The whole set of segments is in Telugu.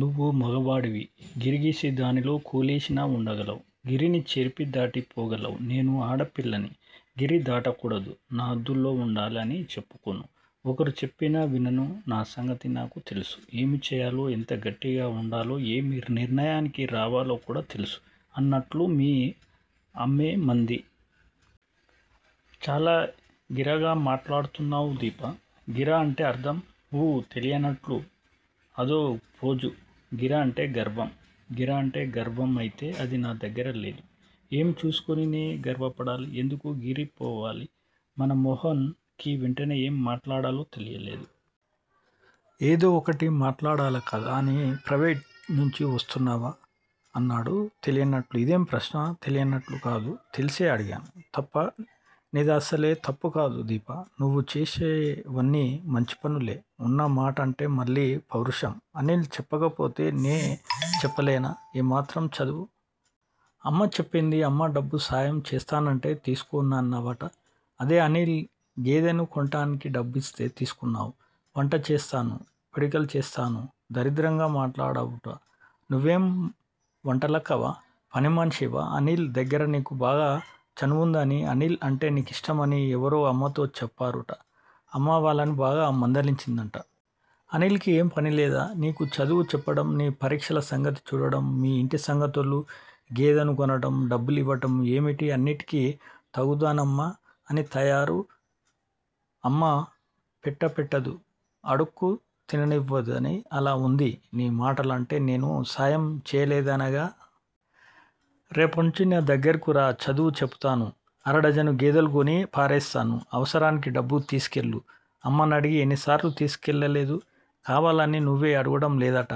నువ్వు మగవాడివి, గిరిగీసి దానిలో కూలేసినా ఉండగలవు. గిరిని చెరిపి దాటి పోగలవు నేను ఆడ పిల్లని గిరి దాటకూడదు, నా హద్దుల్లో వుండాలి అని చెప్పుకోను. ఒకరు చెప్పినా వినను. నా సంగతి నాకు తెలుసు. ఏం చేయాలో, ఎంత గట్టిగా వుండాలో, ఏం నిర్ణయానికి రావాలో కూడా తెల్సు, అన్నట్లు మీ అమ్మేమంది? చాలా గీరగా మాట్లాడుతున్నావ్ దీపా! గీర! అంటే అర్ధం? ఊ. తెలియనట్లు అదో ఫోజు, గీర అంటే గర్వం. గీర అంటే గర్వం అయితే అది నా దగ్గర లేదు. ఏం చూసుకుని నే గర్వపడాలి. ఎందుకు గీర పోవాలి? మన్ మోహన్ కి వెంటనే ఏం మాట్లాడాలో తెలియలేదు. ఏదో ఒకటి మాట్లాడాలి కదా అని ప్రయివేట్ నుంచి వస్తున్నావా? అన్నాడు. తెలియనట్లు ఇదేం ప్రశ్న. తెలియనట్లు కాదు తెలిసే అడిగాను. తప్పా! నీదసలే తప్పు కాదు దీపా! నువ్వు చేసేవన్ని మంచిపనులే, ఉన్న మాటంటే మళ్ళీ పౌరుషం. అనిల్ చెప్పకపోతే నే చెప్పలేనా ఈ మాత్రం చదువు! అమ్మ చెప్పింది. అమ్మ డబ్బు సాయం చేస్తానంటే తీసుకోనన్నావట. అదే అనిల్ గేదెని కొంటానికి డబ్బిస్తే తీసుకున్నావ్. వంటచేస్తాను, పిడకలు చేస్తాను, దరిద్రంగా మాట్లాడావుట. నువ్వేం వంటలక్కవా? పనిమనిషివా? అనిల్ దగ్గర నీకు బాగా చనువుందని, అనిల్ అంటే నీకిష్టమని ఎవరో అమ్మతో చెప్పారుట. అమ్మ వాళ్ళని బాగా మందలించిందట. అనిల్ కి ఏమీ పనిలేదా. నీకు చదువు చెప్పటం, నీ పరీక్షల సంగతి చూడటం, మీ ఇంటి సంగతులు? గేదెని కొనటం, డబ్బులివ్వటం, ఏమిటి అన్నింటికి తగుదునమ్మా అని తయారు. అమ్మా పెట్టాపెట్టదు. అడుక్కు తినానివ్వదని అలా వుంది నీ మాటలు అంటే నేనం సాయం చేయలేదనేగా? రేపటినుంచి నా దగ్గరకు రా చదువు చెపుతాను, అరడజను గేదలు కొని పారేస్తాను. అవసరానికి డబ్బు తీసుకెళ్ళు అమ్మనడిగి ఎన్నిసార్లు తీసుకెళ్ళలేదు! కావాలని నువ్వే అడగటం లేదట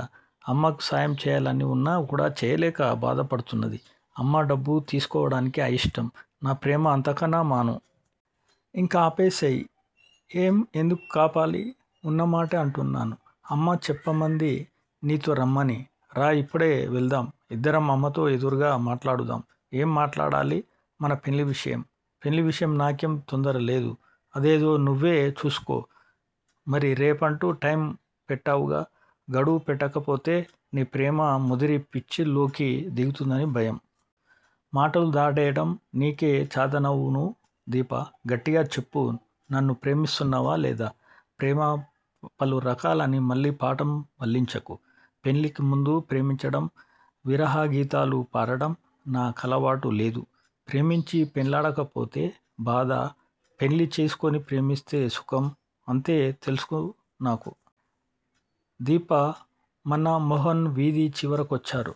అమ్మకి సాయం చేయాలని వున్నా కూడ చేయలేక బాధ పడుతున్నది. అమ్మ డబ్బు తీసుకోటానికి అయిష్టం. నా ప్రేమ అంతకన్నా మనూ! ఇంకాపేసెయ్యి. ఏం, ఎందుకాపాలి! ఉన్నమాటే అంటున్నాను. అమ్మ చెప్పమంది నీతో రమ్మని. రా ఇప్పుడే వెళదాం. ఇద్దరం అమ్మతో ఎదురుగా మాట్లాడుదాము. ఏం మాట్లాడాలి? మన పెళ్ళి విషయం. పెళ్ళి విషయం నాకేం తొందరలేదు. అదేదో నువ్వే చూసుకో. మరి రేపంటూ టైమ్ పెట్టావుగా? గడువు పెట్టకపోతే నీ ప్రేమ ముదిరి పిచ్చిలోకి దిగుతుందని భయం. మాటలు దాటేయటం నీకే చాతనవును దీపా! గట్టిగా చెప్పు నన్ను ప్రేమిస్తున్నావా లేదా? ప్రేమ పలురకాలని మళ్ళీ పాఠం వల్లించకు. పెళ్ళికి ముందు ప్రేమించటం, విరహగీతాలు పాడటం నా కలవాటు లేదు. ప్రేమించి పెళ్ళాడకపోతే బాధ. పెళ్ళి చేసుకుని ప్రేమిస్తే సుఖం. అంతే తెల్సు నాకు. దీప, మన్ మోహన్ వీధి చివరి కొచ్చారు.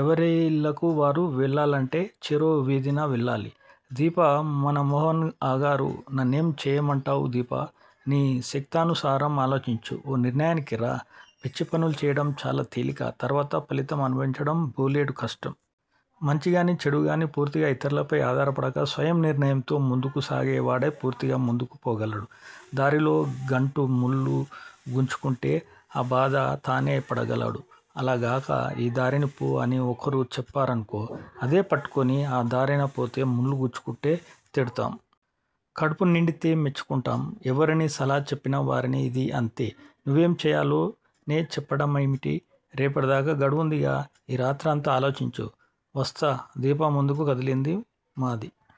ఎవరిళ్ళకు వారు వెళ్ళాలంటే చెరో వీధినా వెళ్ళాలి. దీప, మన్ మోహన్ ఆగారు. నన్నేం చేయమంటావ్ దీపా! నీ శక్తానుసారం ఆలోచించి ఓ నిర్ణయానికిరా. పిచ్చి పనులు చేయటం చాలా తేలిక తర్వాత ఫలితం అనుభవించటం బోలెడు కష్టం. మంచిగాని చెడుగాని పూర్తిగా ఇతర్లపై ఆధారపడక స్వయం నిర్ణయంతో ముందుకు సాగేవాడే పూర్తిగా ముందుకు పోగలడు. దారిలో గంటు ముళ్లు గుచ్చుకుంటే ఆ బాధ తానే పడగలడు. అలా గాక ఈ దారిన పో అని ఒకరు చెప్పారనుకో, అదే పట్టుకుని ఆ దారినపోతే ముళ్ళు గుచ్చుకుంటే తిడతాము. కడుపునిండితే మెచ్చుకుంటాము. ఎవరిని! సలహా చెప్పిన వారిని. ఇదీ అంతే, నీవేం చేయాలో నే చెప్పటమేమిటి? రేపటిదాకా గడువుందిగా ఈ రాత్రంతా ఆలోచించు. వస్తా దీప ముందుకు కదిలింది. మాది